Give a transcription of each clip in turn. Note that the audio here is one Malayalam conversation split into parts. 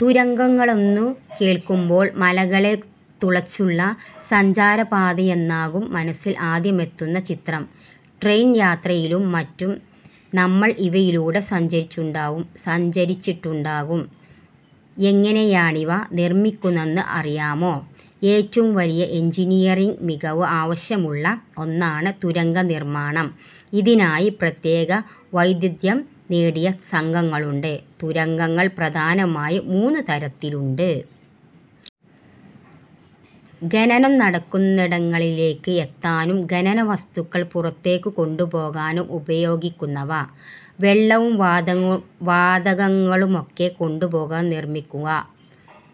തുരങ്കങ്ങളെന്നു കേൾക്കുമ്പോൾ മലകളെ തുളച്ചുള്ള സഞ്ചാരപാതയെന്നാകും മനസ്സിൽ ആദ്യമെത്തുന്ന ചിത്രം. ട്രെയിൻ യാത്രയിലും മറ്റും നമ്മൾ ഇവയിലൂടെ സഞ്ചരിച്ചിട്ടുമുണ്ടാകും. എങ്ങനെയാണിവ നിർമിക്കുന്നതെന്ന് അറിയാമോ? ഏറ്റവും വലിയ എൻജിനീയറിങ് മികവ് ആവശ്യമുള്ള ഒന്നാണ് തുരങ്കനിർമാണം. ഇതിനായി പ്രത്യേക വൈദഗ്ധ്യം നേടിയ സംഘങ്ങളുണ്ട്. തുരങ്കങ്ങൾ പ്രധാനമായും മൂന്ന് തരത്തിലുണ്ട്. ഖനനം നടക്കുന്നിടങ്ങളിലേക്ക് എത്താനും ഖനന വസ്തുക്കൾ പുറത്തേക്കു കൊണ്ടുപോകാനും ഉപയോഗിക്കുന്നവ. വെള്ളവും വാതകങ്ങളുമൊക്കെ കൊണ്ടുപോകാൻ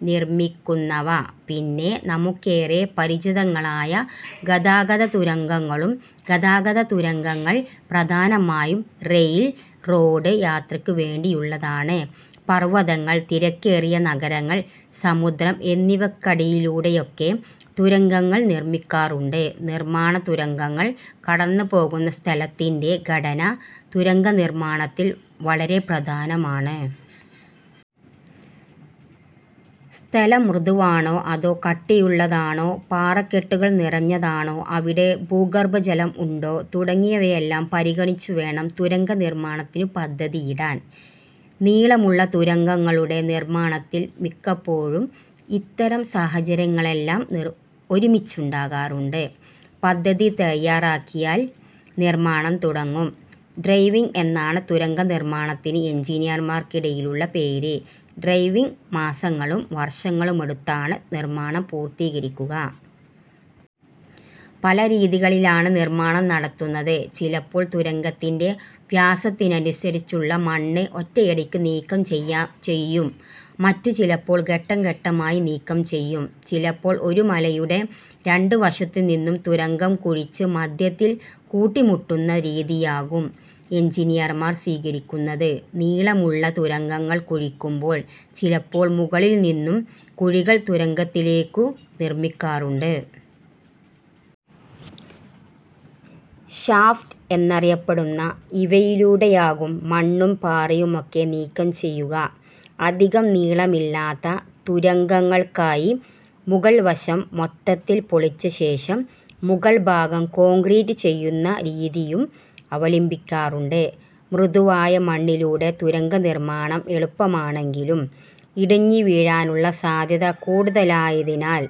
നിർമിക്കുന്നവ. പിന്നെ നമുക്കേറെ പരിചിതമായ ഗതാഗത തുരങ്കങ്ങളും. ഗതാഗതതുരങ്കങ്ങൾ പ്രധാനമായും റെയിൽ, റോഡ് യാത്രയ്ക്കു വേണ്ടിയുള്ളതാണ്. പർവതങ്ങൾ, തിരക്കേറിയ നഗരങ്ങൾ, സമുദ്രം എന്നിവയ്ക്കടിയിലൂടെയൊക്കെ തുരങ്കങ്ങൾ നിർമിക്കാറുണ്ട്. നിർമാണം തുരങ്കങ്ങൾ കടന്നുപോകുന്ന സ്ഥലത്തിന്റെ ഘടന തുരങ്കനിർമാണത്തിൽ വളരെ പ്രധാനമാണ്. സ്ഥലം മൃദുവാണോ അതോ കട്ടിയുള്ളതാണോ, പാറക്കെട്ടുകൾ നിറഞ്ഞതാണോ, അവിടെ ഭൂഗർഭജലം ഉണ്ടോ തുടങ്ങിയവയെല്ലാം പരിഗണിച്ചുവേണം തുരങ്കനിർമാണത്തിനു പദ്ധതിയിടാൻ. നീളമുള്ള തുരങ്കങ്ങളുടെ നിർമാണത്തിൽ മിക്കപ്പോഴും ഇത്തരം സാഹചര്യങ്ങളെല്ലാം ഒരുമിച്ചുണ്ടാകാറുണ്ട്. പദ്ധതി തയാറാക്കിയാൽ നിർമാണം തുടങ്ങും. ഡ്രൈവിങ് എന്നാണ് തുരങ്കനിർമാണത്തിന് എൻജിനീയർമാർക്കിടയിലുള്ള പേര്. ഡ്രൈവിങ് മാസങ്ങളും വർഷങ്ങളുമെടുത്താണ് നിർമാണം പൂർത്തീകരിക്കുക. പല രീതികളിലാണു നിർമാണം നടത്തുന്നത്. ചിലപ്പോൾ തുരങ്കത്തിന്റെ വ്യാസത്തിനനുസരിച്ചുള്ള മണ്ണ് ഒറ്റയടിക്കു നീക്കം ചെയ്യും. മറ്റു ചിലപ്പോൾ, ഘട്ടം ഘട്ടമായി നീക്കം ചെയ്യും. ചിലപ്പോൾ ഒരു മലയുടെ രണ്ടുവശത്തു നിന്നും തുരങ്കം കുഴിച്ച് മധ്യത്തിൽ കൂട്ടിമുട്ടുന്ന രീതിയാകും എൻജിനീയർമാർ സ്വീകരിക്കുന്നത്. നീളമുള്ള തുരങ്കങ്ങൾ കുഴിക്കുമ്പോൾ ചിലപ്പോൾ മുകളിൽ നിന്നു കുഴികൾ തുരങ്കത്തിലേക്കു നിർമിക്കാറുണ്ട്. ഷാഫ്റ്റ് എന്നറിയപ്പെടുന്ന ഇവയിലൂടെയാകും മണ്ണും പാറയുമൊക്കെ നീക്കം ചെയ്യുക. അധികം നീളമില്ലാത്ത തുരങ്കങ്ങൾക്കായി മുകൾവശം മൊത്തത്തിൽ പൊളിച്ച ശേഷം മുകൾഭാഗം കോൺക്രീറ്റ് ചെയ്യുന്ന രീതിയും അവലംബിക്കാറുണ്ട്. മൃദുവായ മണ്ണിലൂടെ തുരങ്കനിർമാണം എളുപ്പമാണെങ്കിലും ഇടിഞ്ഞുവീഴാനുള്ള സാധ്യത കൂടുതലായതിനാൽ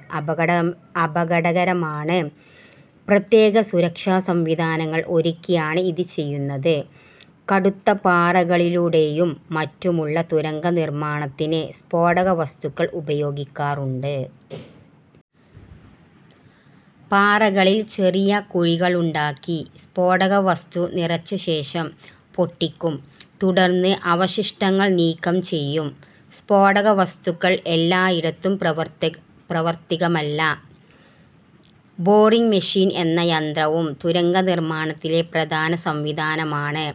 അപകടകരമാണ്. പ്രത്യേക സുരക്ഷാസംവിധാനങ്ങൾ ഒരുക്കിയാണ് ഇതു ചെയ്യുന്നത്. കടുത്ത പാറകളിലൂടെയും മറ്റുമുള്ള തുരങ്കനിർമാണത്തിന് സ്ഫോടകവസ്തുക്കൾ ഉപയോഗിക്കാറുണ്ട്. പാറകളിൽ ചെറിയ കുഴികളുണ്ടാക്കി സ്ഫോടകവസ്തു നിറച്ചശേഷം പൊട്ടിക്കും. തുടർന്ന് അവശിഷ്ടങ്ങൾ നീക്കം ചെയ്യും. സ്ഫോടകവസ്തുക്കൾ എല്ലായിടത്തും പ്രാവർത്തികമല്ല. ബോറിങ് മെഷീൻ എന്ന യന്ത്രവും തുരങ്കനിർമാണത്തിലെ പ്രധാന സംവിധാനമാണ്.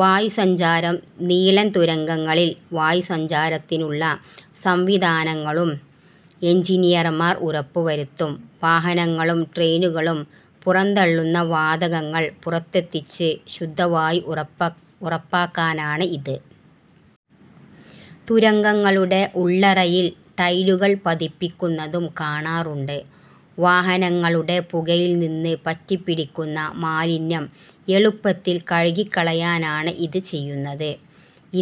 വായുസഞ്ചാരം നീളൻ തുരങ്കങ്ങളിൽ വായുസഞ്ചാരത്തിനുള്ള സംവിധാനങ്ങളും എൻജിനീയർമാർ ഉറപ്പുവരുത്തും. വാഹനങ്ങളും ട്രെയിനുകളും പുറന്തള്ളുന്ന വാതകങ്ങൾ പുറത്തെത്തിച്ച് ശുദ്ധവായു ഉറപ്പാക്കാനാണ് ഇത്. തുരങ്കങ്ങളുടെ ഉള്ളറയിൽ ടൈലുകൾ പതിപ്പിക്കുന്നതും കാണാറുണ്ട്. വാഹനങ്ങളുടെ പുകയിൽ നിന്നു പറ്റിപ്പിടിക്കുന്ന മാലിന്യം എളുപ്പത്തിൽ കഴുകിക്കളയാനാണ് ഇതു ചെയ്യുന്നത്.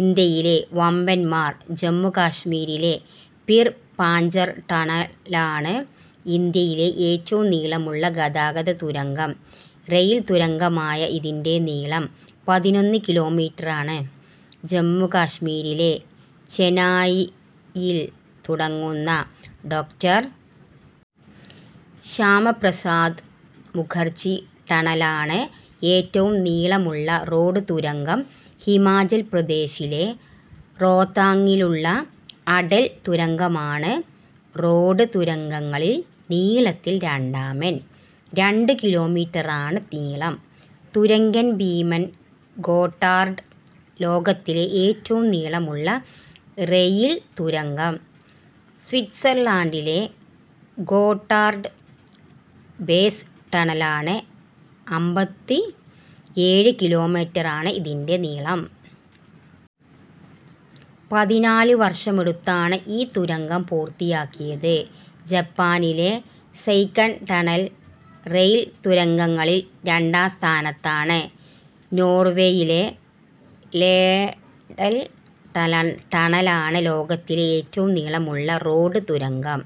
ഇന്ത്യയിലെ വമ്പൻമാർ ജമ്മു കശ്മീരിലെ പിർ പാഞ്ചാൽ ടണലാണ് ഇന്ത്യയിലെ ഏറ്റവും നീളമുള്ള ഗതാഗത തുരങ്കം. റെയിൽ തുരങ്കമായ ഇതിന്റെ നീളം പതിനൊന്ന് കിലോമീറ്ററാണ്. ജമ്മു കശ്മീരിലെ ചെനാനിയിൽ തുടങ്ങുന്ന ഡോ. ശ്യാമപ്രസാദ് മുഖർജി ടണലാണ് ഏറ്റവും നീളമുള്ള റോഡ് തുരങ്കം ഹിമാചൽ പ്രദേശിലെ റോത്താങ്ങിലുള്ള അടൽ തുരങ്കമാണ് റോഡ് തുരങ്കങ്ങളിൽ നീളത്തിൽ രണ്ടാമൻ. രണ്ട് കിലോമീറ്ററാണ് നീളം. തുരങ്കഭീമൻ ഗോട്ടാർഡ് ലോകത്തിലെ ഏറ്റവും നീളമുള്ള റെയിൽ തുരങ്കം സ്വിറ്റ്സർലൻഡിലെ ഗോട്ടാർഡ് ബേസ് ടണലാണ്. അമ്പത്തിഏഴ് കിലോമീറ്ററാണ് ഇതിന്റെ നീളം. പതിനാലുവർഷമെടുത്താണ് ഈ തുരങ്കം പൂർത്തിയാക്കിയത്. ജപ്പാനിലെ സെയ്കൻ ടണൽ റെയിൽ തുരങ്കങ്ങളിൽ രണ്ടാം സ്ഥാനത്താണ്. നോർവേയിലെ ലേഡൽ ടണലാണ് ലോകത്തിലെ ഏറ്റവും നീളമുള്ള റോഡ് തുരങ്കം.